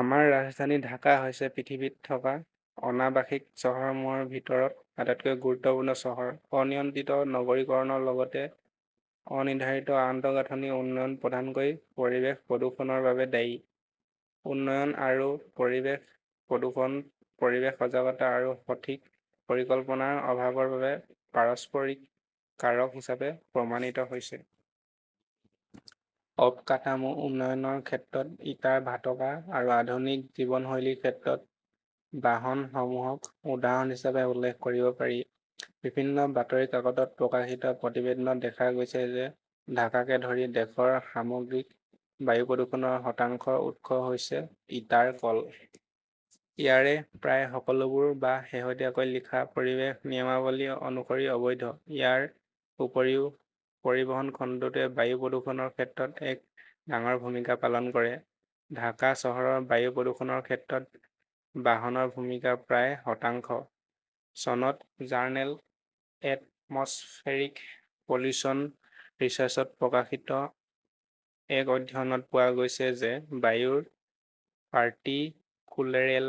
আমাৰ ৰাজধানী ঢাকা হৈছে পৃথিৱীত থকা অনাবাসিক চহৰসমূহৰ ভিতৰত আটাইতকৈ গুৰুত্বপূৰ্ণ চহৰ। অনিয়ন্ত্ৰিত নগৰীকৰণৰ লগতে অনিৰ্ধাৰিত আন্তঃগাঁথনি উন্নয়ন প্ৰধানকৈ পৰিৱেশ প্ৰদূষণৰ বাবে দায়ী। উন্নয়ন আৰু পৰিৱেশ প্ৰদূষণ পৰিৱেশ সজাগতা আৰু সঠিক পৰিকল্পনাৰ অভাৱৰ বাবে পাৰস্পৰিক কাৰক হিচাপে প্ৰমাণিত হৈছে। অবকাটামো উন্নয়নৰ ক্ষেত্ৰত ইটাৰ ভাটকা আৰু আধুনিক জীৱনশৈলীৰ ক্ষেত্ৰত বাহনসমূহক উদাহৰণ হিচাপে উল্লেখ কৰিব পাৰি। বিভিন্ন বাতৰি কাকতত প্ৰকাশিত প্ৰতিবেদনত দেখা গৈছে যে ঢাকাকে ধৰি দেশৰ সামগ্ৰিক বায়ু প্ৰদূষণৰ শতাংশৰ উৎস হৈছে ইটাৰ কল। ইয়াৰে প্ৰায় সকলোবোৰ বা শেহতীয়াকৈ লিখা পৰিৱেশ নিয়মাৱলী অনুসৰি অবৈধ। ইয়াৰ উপৰিও, পৰিবহণ খণ্ডটোৱে বায়ু প্ৰদূষণৰ ক্ষেত্ৰতো এক ডাঙৰ ভূমিকা পালন কৰে। ঢাকা চহৰৰ বায়ু প্ৰদূষণৰ ক্ষেত্ৰত বাহনৰ ভূমিকা প্ৰায় শতাংশ। চনত জাৰ্নেল "এটমছফেৰিক পলিউশ্যন ৰিচাৰ্চ ত প্ৰকাশিত এক অধ্যয়নত পোৱা গৈছে যে বায়ুৰ পাৰ্টিকুলেৰেল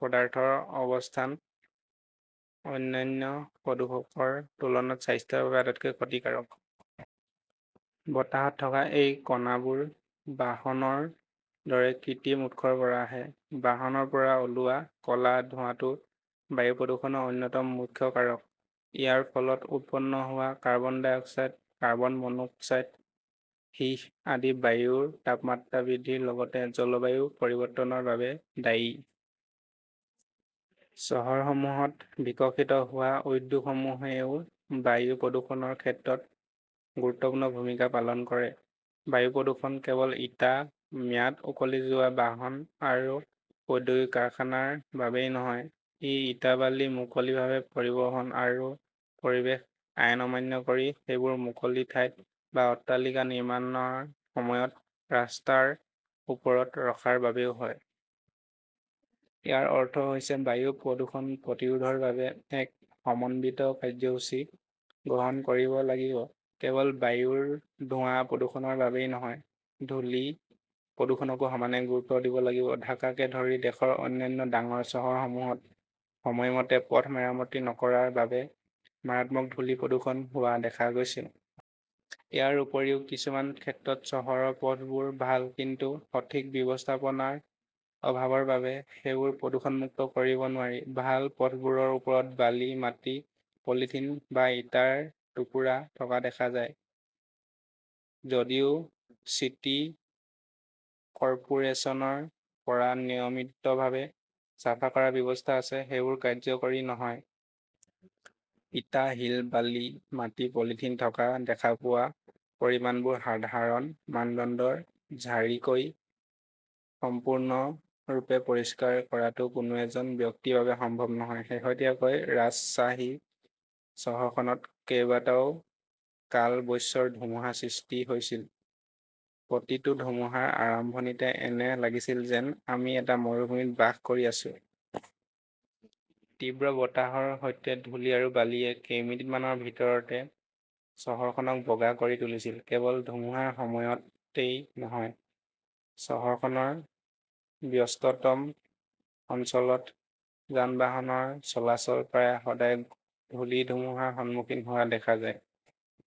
পদাৰ্থৰ অৱস্থান অন্যান্য প্ৰদূষকৰ তুলনাত স্বাস্থ্যৰ বাবে আটাইতকৈ ক্ষতিকাৰক। বতাহত থকা এই কণাবোৰ বাহনৰ দৰে কৃত্ৰিম উৎসৰ পৰা আহে। বাহনৰ পৰা ওলোৱা ক 'লা ধোৱাটো বায়ু প্ৰদূষণৰ অন্যতম মুখ্য কাৰক। ইয়াৰ ফলত উৎপন্ন হোৱা carbon dioxide, carbon monoxide, সীহ আদি বায়ুৰ তাপমাত্ৰা বৃদ্ধিৰ লগতে জলবায়ু পৰিৱৰ্তনৰ বাবে দায়ী। চহৰসমূহত বিকশিত হোৱা উদ্যোগসমূহেও বায়ু প্ৰদূষণৰ ক্ষেত্ৰত গুৰুত্বপূৰ্ণ ভূমিকা পালন কৰে। বায়ু প্ৰদূষণ কেৱল ইটা, ম্যাদ উকলি যোৱা বাহন আৰু ঔদ্যোগিক কাৰখানাৰ বাবেই নহয়, ই ইটা-বালি মুকলিভাৱে পৰিবহণ কৰা আৰু পৰিৱেশ আইন অমান্য কৰি সেইবোৰ মুকলি ঠাইত বা অট্টালিকা নিৰ্মাণৰ সময়ত ৰাস্তাৰ ওপৰত ৰখাৰ বাবেও হয়। ইয়াৰ অৰ্থ হৈছে বায়ু প্ৰদূষণ প্ৰতিৰোধৰ বাবে এক সমন্বিত কাৰ্যসূচী গ্ৰহণ কৰিব লাগিব, কেৱল বায়ুৰ ধোৱা প্ৰদূষণৰ বাবেই নহয়, ধূলি প্ৰদূষণকো সমান গুৰুত্ব দিব লাগিব। ঢাকাকে ধৰি দেশৰ অন্যান্য ডাঙৰ চহৰসমূহত সময়মতে পথ মেৰামতি নকৰাৰ বাবে মাৰাত্মক ধূলি প্ৰদূষণ হোৱা দেখা গৈছে। ইয়াৰ উপৰিও, কিছুমান ক্ষেত্ৰত চহৰৰ পথবোৰ ভাল, কিন্তু সঠিক ব্যৱস্থাপনাৰ অভাৱৰ বাবে সেইবোৰ প্ৰদূষণমুক্ত কৰিব নোৱাৰি। ভাল পথবোৰৰ ওপৰত বালি, মাটি, পলিথিন বা ইটাৰ টুকুৰা থকা দেখা যায়। যদিও চিটি কৰ্পোৰেচনৰ পৰা নিয়মিতভাৱে চাফা কৰাৰ ব্যৱস্থা আছে, সেইবোৰ কাৰ্যকৰী নহয়। ইটা-শিল-বালি-মাটি-পলিথিন থকা দেখা পোৱা পৰিমাণবোৰ সাধাৰণ মানদণ্ডৰ ঝাৰিকৈ সম্পূৰ্ণৰূপে পৰিষ্কাৰ কৰাটো কোনো এজন ব্যক্তিৰ বাবে সম্ভৱ নহয়। শেহতীয়াকৈ ৰাজশ্বাহী চহৰখনত কেইবাটাও কালবৈশ্বৰ ধুমুহাৰ সৃষ্টি হৈছিল। প্ৰতিটো ধুমুহাৰ আৰম্ভণিতে এনে লাগিছিল যেন আমি এটা মৰুভূমিত বাস কৰি আছো। তীব্ৰ বতাহৰ সৈতে ধূলি আৰু বালিৱে কেইমিনিটমানৰ ভিতৰতে চহৰখনক বগা কৰি তুলিছিল। কেৱল ধুমুহাৰ সময়তই নহয়, চহৰখনৰ ব্যস্ততম অঞ্চলত যান-বাহনৰ চলাচল প্ৰায় সদায় ধূলিৰ ধুমুহাৰ সন্মুখীন হোৱা দেখা যায়।